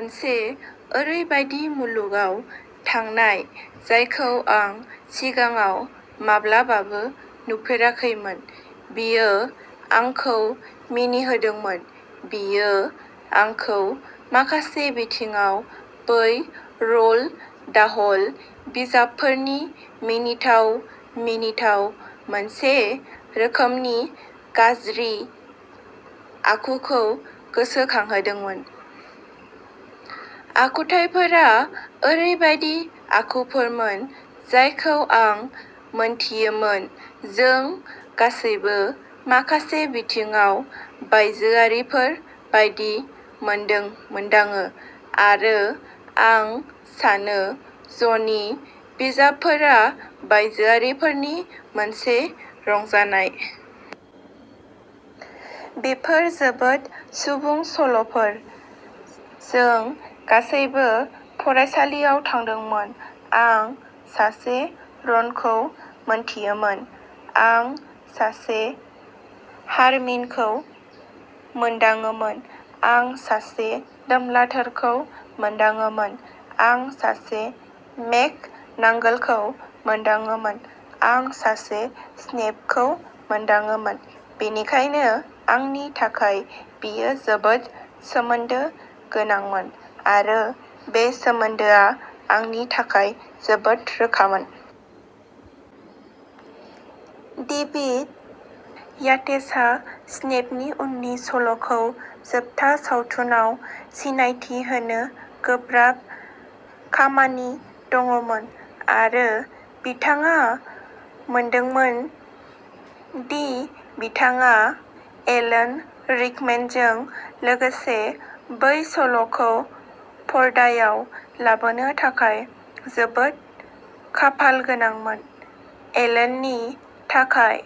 मोनसे ओरैबायदि मुलुगाव थांनाय जायखौ आं सिगाङाव माब्लाबाबो नुफेराखैमोन। बेयो आंखौ मिनिहोदोंमोन बेयो आंखौ माखासे बिथिङाव, बै र'ल्ड डाहल बिजाबफोरनि मिनिथाव, मिनिथाव, मोनसे रोखोमनि गाज्रि आखुखौ गोसोखांहोदोंमोन। आखुथाइफोरा ओरैबायदि आखुफोरमोन जायखौ आं मोनथियोमोन जों गासैबो माखासे बिथिङाव बायजोआरिफोर बायदि मोनदों मोनदाङो, आरो आं सानो ज'नि बिजाबफोरा बायजोआरिफोरनि मोनसे रंजानाय। बेफोर जोबोद सुबुं सल'फोर। जों गासैबो फरायसालियाव थांदोंमोन। आं सासे र'नखौ मोनथियोमोन, आं सासे हारमिनखौ मोनदाङोमोन, आं सासे डाम्बलडरखौ मोनदाङोमोन, आं सासे मेकगनांगोलखौ मोनदाङोमोन, आं सासे स्नेपखौ मोनदाङोमोन। बेनिखायनो आंनि थाखाय बेयो जोबोद सोमोन्दो गोनांमोन, आरो बे सोमोन्दोआ आंनि थाखाय जोबोद रोखामोन। "डेभिड येट्सहा स्नेपनि उननि सल'खौ जोबथा सावथुनाव सिनायथि होनो गोब्राब खामानि दंमोन, आरो बिथाङा मोनदोंमोन दि बिथाङा एलन रिकमेनजों लोगोसे बै सल'खौ पर्दायाव लाबोनो थाखाय जोबोद खाफालगोनांमोन " एलेननि थाखाय,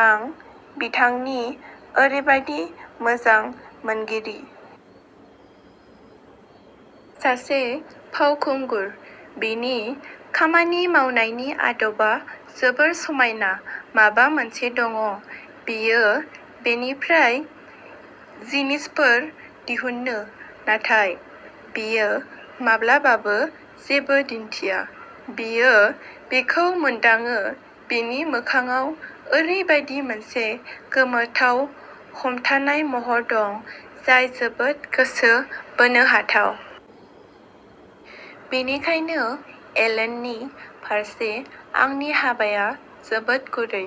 आं बिथांनि ओरैबादि मोजां मोनगिरि। सासे फावखुंगुर। बिनि खामानि मावनायनि आदबआव जोबोद समायना माबा मोनसे दं। बियो बेनिफ्राय जिनिसफोर दिहुनो, नाथाय बियो माब्लाबाबो जेबो दिन्थिया, बियो बेखौ मोनदाङो। बिनि मोखांआव ओरैबायदि मोनसे गोमोथाव हमथानाय महर दं, जाय जोबोद गोसो बोनो हाथाव। बेनिखायनो एलेननि फारसे आंनि हाबाया जोबोद गुरै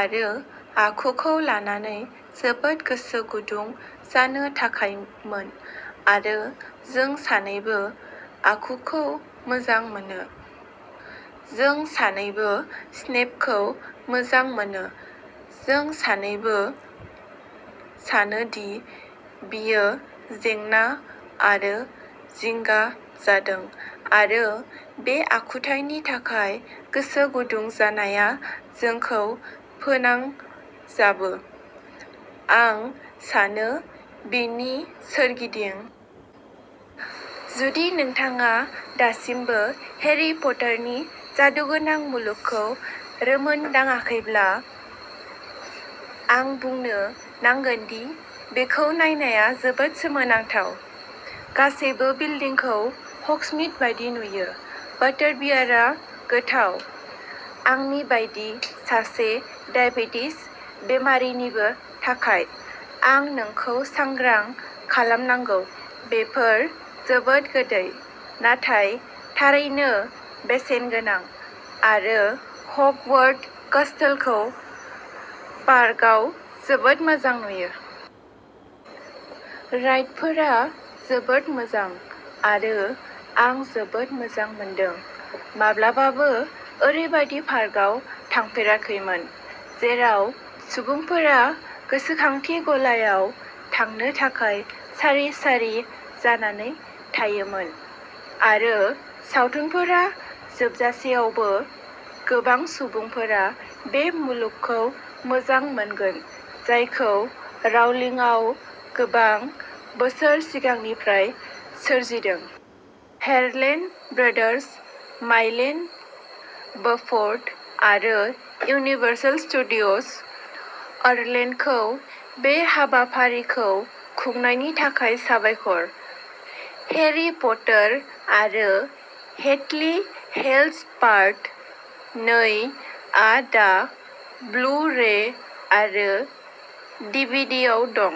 आरो आखुखौ लानानै जोबोद गोसो गुदुं जानो थाखायमोन। आरो जों सानैबो आखुखौ मोजां मोनो। जों सानैबो स्नेपखौ मोजां मोनो, जों सानैबो सानो दि बियो जेन्नां आरो जिंगा जादों, आरो बे आखुथायनि थाखाय गोसो गुदुं जानाया जोंखौ फोनांजाबो, आं सानो, बिनि सोरगिदिं। "जुदि नोंथाङा दासिमबो हेरी पटारनि जादुगोनां मुलुगखौ रोंमोन्दाङाखैब्ला, आं बुंनो नांगोन दि बेखौ नायनाया जोबोद सोमोनांथाव। गासैबो बिल्दिंफोरखौ हग्समीड बायदि नुयो, बाटारबियारआ गोथाव, आंनि बायदि सासे दाइबेटिस बेरामिनिबो थाखाय आं नोंखौ सांग्रां खालामनांगौ, बेफोर जोबोद गोदै, नाथाय थारैनो बेसेनगोनां आरो हगवार्ट्स केसलखौ पार्कआव जोबोद मोजां नुयो। राइडफोरा जोबोद मोजां, आरो आं जोबोद मोजां मोनदों। माब्लाबाबो ओरैबायदि पार्कआव थाफेराखैमोन जेराव सुबुंफोरा गोसोखांथि गलायाव थांनो थाखाय सारि सारि जानानै थायोमोन। आरो सावथुनफोरा जोबजासेयावबो, गोबां सुबुंफोरा बे मुलुगखौ मोजां मोनगोन जायखौ राउलिंआव गोबां बोसोर सिगांनिफ्राय सोरजिदों। हेरलेन ब्रादार्स, माय लेन ब्युफर्ड, आरो इउनिभार्सेल स्टुडिय'ज अरलेन्ड'खौ बे हाबाफारिखौ खुंनायनि थाखाय साबायखर। हैरी पटार आरो डेथलि हेल'ज पार्ट नै आ दा ब्लु रे आरो डिभिडियाव दं।